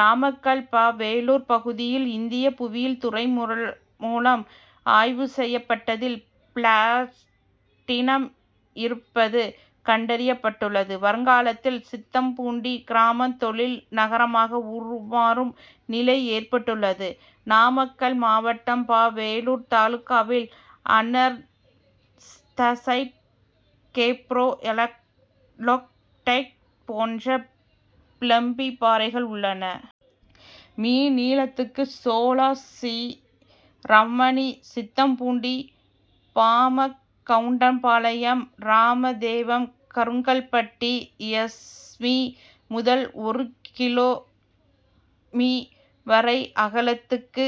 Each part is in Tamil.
நாமக்கல் ப. வேலூர் பகுதியில், இந்திய புவியியல் துறை மூலம் ஆய்வு செய்யப்பட்டதில், பிளாட்டினம் இருப்பது கண்டறியப்பட்டுள்ளது. வருங்காலத்தில் சித்தம்பூண்டி கிராமம் தொழில் நகரமாக உருமாறும் நிலை ஏற்பட்டுள்ளது. நாமக்கல் மாவட்டம் ப. வேலூர் தாலுகாவில் அனார்த்தசைட் கேப்ரோ, எக்லோகைட் போன்ற ப்ளம்பி பாறைகள் உள்ளன. மீ., நீளத்துக்கு, சோழசிராமணி, சித்தம்பூண்டி, பாமகவுண்டம்பாளையம், ராமதேவம், கருங்கல்பட்டி, எஸ். மீ., முதல் ஒரு கி. மீ., வரை அகலத்துக்கு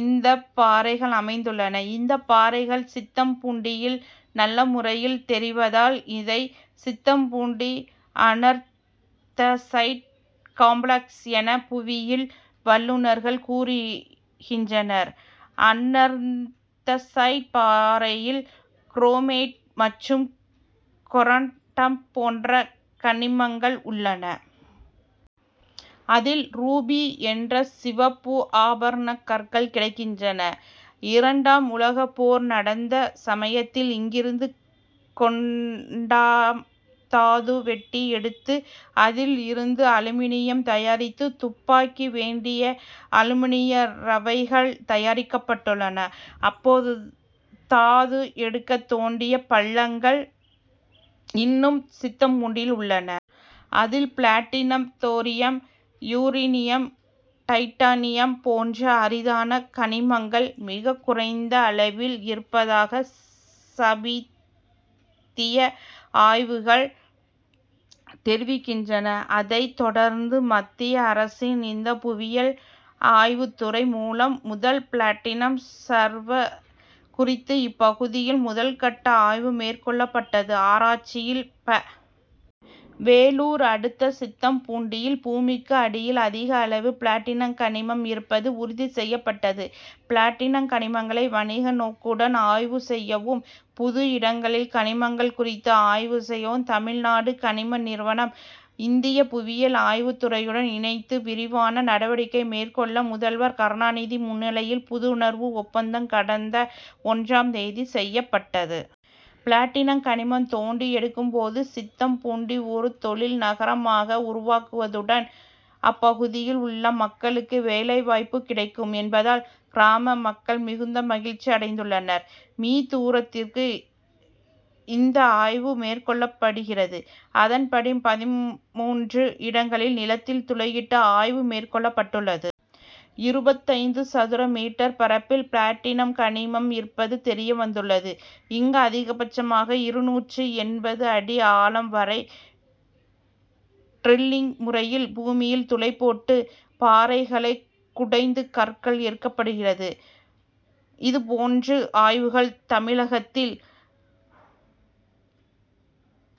இந்த பாறைகள் அமைந்துள்ளன. இந்த பாறைகள் சித்தம்பூண்டியில் நல்லமுறையில் தெரிவதால், இதை சித்தம்பூண்டி அனார்த்தசைட் காம்ளெக்ஸ் என புவியியல் வல்லுனர்கள் கூறுகின்றனர். அனார்த்தசைட் பாறையில் குரோமைட் மற்றும் கொரண்டம் போன்ற கனிமங்கள் உள்ளன. அதில், ரூபி என்ற சிவப்பு ஆபரண கற்கள் கிடைக்கின்றன. இரண்டாம் உலகப்போர் நடத்த சமயத்தில் இங்கிருந்து கொரண்டம் தாது வெட்டி எடுத்து, அதில் இருந்து அலுமினியம் தயாரித்து, துப்பாக்கிக்கு வேண்டிய அலுமினிய ரவைகள் தயாரிக்கப்பட்டுள்ளன. அப்போது தாது எடுக்க தோண்டிய பள்ளங்கள் இன்னும் சித்தம்பூண்டியில் உள்ளன. அதில், பிளாட்டினம் தோரியம், யுரேனியம், டைட்டானியம் போன்ற அரிதான கனிமங்கள் மிகக்குறைந்த அளவில் இருப்பதாக சமீபத்திய ஆய்வுகள் தெரிவிக்கின்றன. அதை தொடர்ந்து மத்திய அரசின் இந்திய புவியியல் ஆய்வு துறை மூலம், முதல், பிளாட்டினம் சர்வே குறித்து இப்பகுதியில் முதல்கட்ட ஆய்வு மேற்கொள்ளப்பட்டது. ஆராச்சியில், ப. வேலூர் அடுத்த சித்தம்பூண்டியில் பூமிக்கு அடியில் அதிக அளவில் பிளாட்டினம் கனிமம் இருப்பது உறுதி செய்யப்பட்டது. பிளாட்டினம் கனிமங்களை வணிக நோக்குடன் ஆய்வு செய்யவும், புது இடங்களில் கனிமங்கள் குறித்து ஆய்வு செய்யவும் தமிழ்நாடு கனிம நிறுவனம், இந்திய புவியியல் ஆய்வுத்துறையுடன் இணைந்து விரிவான நடவடிக்கை மேற்கொள்ள முதல்வர் கருணாநிதி முன்னிலையில் புரிந்துணர்வு ஒப்பந்தம் கடந்த ஒன்றாம் தேதி செய்யப்பட்டது. பிளாட்டினம் கனிமம் தோண்டி எடுக்கும் போது சித்தம்பூண்டி ஒரு தொழில் நகரமாக உருவாவதுடன், அப்பகுதியில் உள்ள மக்களுக்கு வேலைவாய்ப்பும் கிடைக்கும் என்பதால், கிராம மக்கள் மிகுந்த மகிழ்ச்சி அடைந்துள்ளனர். மீ., தூரத்துக்கு இந்த ஆய்வு மேற்கொள்ளப்படுகிறது. அதன்படி, பதின்மூன்று இடங்களில் நிலத்தில் துளையிட்டு ஆய்வு மேற்கொள்ளப்பட்டுள்ளது. இருபத்தைந்து சதுர மீட்டர் பரப்பில் பிளாட்டினம் கனிமம் இருப்பது தெரியவந்துள்ளது. இங்கு அதிகபட்சமாக இருநூற்று எண்பது அடி ஆழம் வரை டிரில்லிங் முறையில் பூமியில் துளை போட்டு பாறைகளை குடைந்து கற்கள் எடுக்கப்படுகிறது. இது போன்ற ஆய்வுகள் தமிழகத்தில்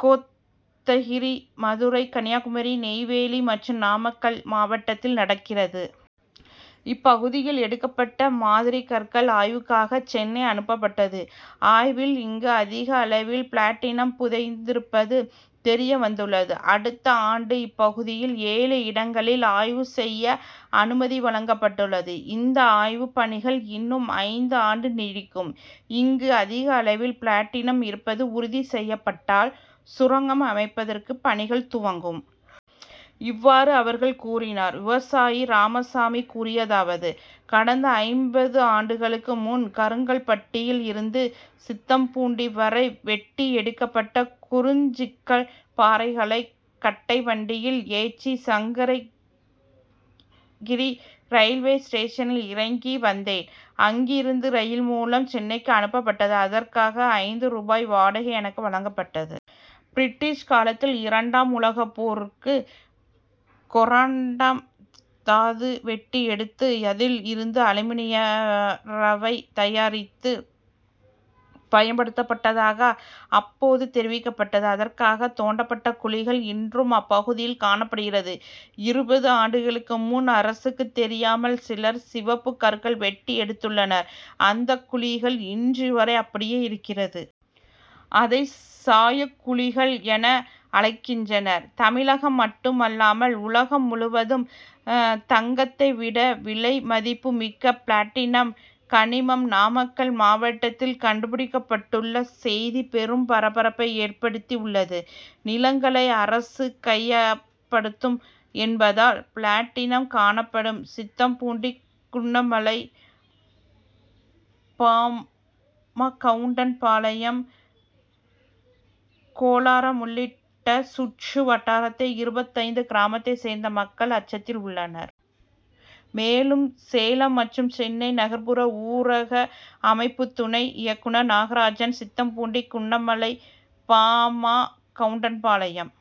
கோத்தகிரி, மதுரை, கன்னியாகுமரி, நெய்வேலி மற்றும் நாமக்கல் மாவட்டத்தில் நடக்கிறது. இப்பகுதியில் எடுக்கப்பட்ட மாதிரி கற்கள் ஆய்வுக்காக சென்னை அனுப்பப்பட்டது. ஆய்வில் இங்கு அதிக அளவில் பிளாட்டினம் புதைந்திருப்பது தெரியவந்துள்ளது. அடுத்த ஆண்டு இப்பகுதியில் ஏழு இடங்களில் ஆய்வு செய்ய அனுமதி வழங்கப்பட்டுள்ளது. இந்த ஆய்வு பணிகள் இன்னும் ஐந்து ஆண்டு நீடிக்கும். இங்கு அதிக அளவில் பிளாட்டினம் இருப்பது உறுதி செய்யப்பட்டால், சுரங்கம் அமைப்பதற்கான பணிகள் துவங்கும். இவ்வாறு அவர்கள் கூறினார். விவசாயி ராமசாமி கூறியதாவது கடந்த ஐம்பது ஆண்டுகளுக்கு முன் கருங்கல்பட்டியில் இருந்து சித்தம்பூண்டி வரை வெட்டி எடுக்கப்பட்ட குறிஞ்சிக்கல் பாறைகளை கட்டை வண்டியில் ஏற்றி, சங்ககிரி ரயில்வே ஸ்டேஷனில் இறக்கி வந்தேன். அங்கிருந்து ரயில் மூலம் சென்னைக்கு அனுப்பப்பட்டது. அதற்காக ஐந்து ரூபாய் வாடகை எனக்கு வழங்கப்பட்டது. பிரிட்டீஷ் காலத்தில் இரண்டாம் உலகப்போருக்கு கொரண்டம் தாது வெட்டி எடுத்து, அதில் இருந்து அலுமினிய ரவை தயாரித்து, பயன்படுத்தப்பட்டதாக அப்போது தெரிவிக்கப்பட்டது. அதற்காக தோண்டப்பட்ட குழிகள் இன்றும் அப்பகுதியில் காணப்படுகிறது. இருபது ஆண்டுகளுக்கு முன் அரசுக்கு தெரியாமல் சிலர் சிவப்பு கற்கள் வெட்டி எடுத்துள்ளனர். அந்த குழிகள் இன்றுவரை அப்படியே இருக்கிறது. அதை சாயக்குழிகள் என அழைக்கின்றனர். தமிழகம் மட்டும் அல்லாமல் உலகம் முழுவதும் தங்கத்தை விட விலை மதிப்பு மிக்க பிளாட்டினம் கனிமம் நாமக்கல் மாவட்டத்தில் கண்டுபிடிக்கப்பட்டுள்ள செய்தி பெரும் பரபரப்பை ஏற்படுத்தி உள்ளது. நிலங்களை அரசு கையகப்படுத்தும் என்பதால், பிளாட்டினம் காணப்படும் சித்தம்பூண்டி, குன்னமலை, பாமகவுண்டம்பாளையம், கோலாரம் உள்ளிட்ட சுற்று வட்டாரத்தை இருபத்தைந்து கிராமத்தை சேர்ந்த மக்கள் அச்சத்தில் உள்ளனர். மேலும், சேலம் மற்றும் சென்னை நகர்புற ஊரக அமைப்பு துணை இயக்குனர் நாகராஜன், சித்தம்பூண்டி, குன்னமலை, பாமா கவுண்டம்பாளையம்,